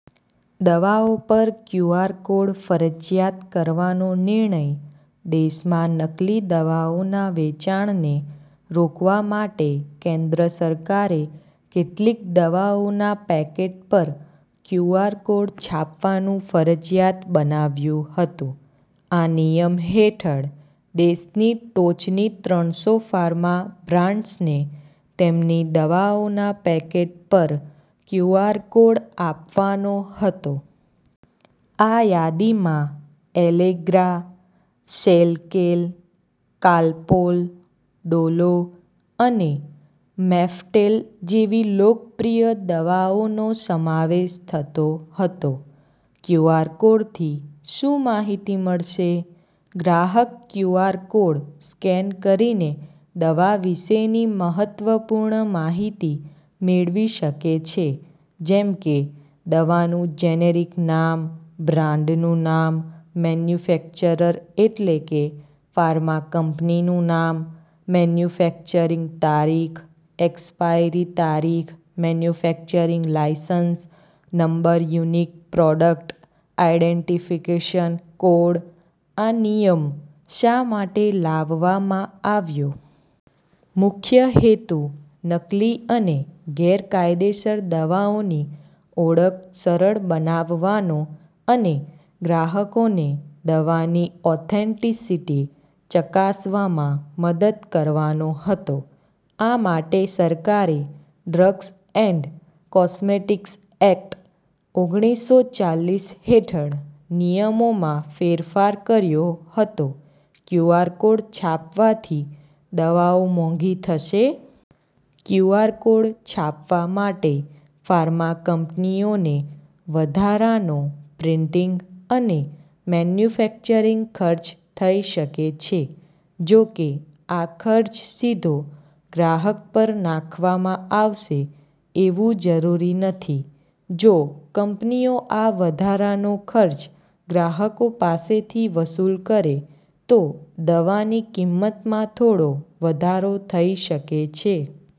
દવાઓ પર QR code ફરજિયાત કરવાનો નિર્ણય દેશમાં નકલી દવાઓના વેચાણને રોકવા માટે કેન્દ્ર સરકારે કેટલીક દવાઓના પેકેટ પર ક્યૂઆર કોડ છાપવાનું ફરજિયાત બનાવ્યું હતું. આ નિયમ હેઠળ દેશની ટોચની ત્રણસો ફાર્મા બ્રાન્ડ્સને તેમની દવાઓના પેકેટ પર ક્યૂઆર કોડ આપવાનો હતો. આ યાદીમાં એલેગ્રા, શેલકેલ, કાલપોલ, ડોલો અને મેફ્ટેલ જેવી લોકપ્રિય દવાઓનો સમાવેશ થતો હતો. ક્યૂઆર કોડથી શું માહિતી મળશે? ગ્રાહક ક્યૂઆર કોડ સ્કેન કરીને દવા વિશેની મહત્વપૂર્ણ માહિતી મેળવી શકે છે, જેમ કે: દવાનું જેનેરિક નામ બ્રાન્ડનું નામ મેન્યુફેક્ચરર એટલે કે ફાર્મા કંપનીનું નામ મેન્યુફેક્ચરિંગ તારીખ એક્સપાયરી તારીખ manufacturing licence number unique product identification code આ નિયમ શા માટે લાવવામાં આવ્યો? મુખ્ય હેતુ નકલી અને ગેરકાયદેસર દવાઓની ઓળખ સરળ બનાવવાનો અને ગ્રાહકોને દવાની ઓથેન્ટિસિટી ચકાસવામાં મદદ કરવાનો હતો. આ માટે સરકારે ડ્રગ્સ એન્ડ કોસ્મેટિક્સ એક્ટ, ઓગણીસો ચાલીસ હેઠળ નિયમોમાં ફેરફાર કર્યો હતો. ક્યૂઆર કોડ છાપવાથી દવાઓ મોંઘી થશે? ક્યૂઆર કોડ છાપવા માટે ફાર્મા કંપનીઓને વધારાનો પ્રિન્ટિંગ અને મેન્યુફેક્ચરિંગ ખર્ચ થઈ શકે છે. જોકે, આ ખર્ચ સીધો ગ્રાહક પર નાખવામાં આવશે એવું જરૂરી નથી. જો કંપનીઓ આ વધારાનો ખર્ચ ગ્રાહકો પાસેથી વસૂલ કરે, તો દવાની કિંમતમાં થોડો વધારો થઈ શકે છે.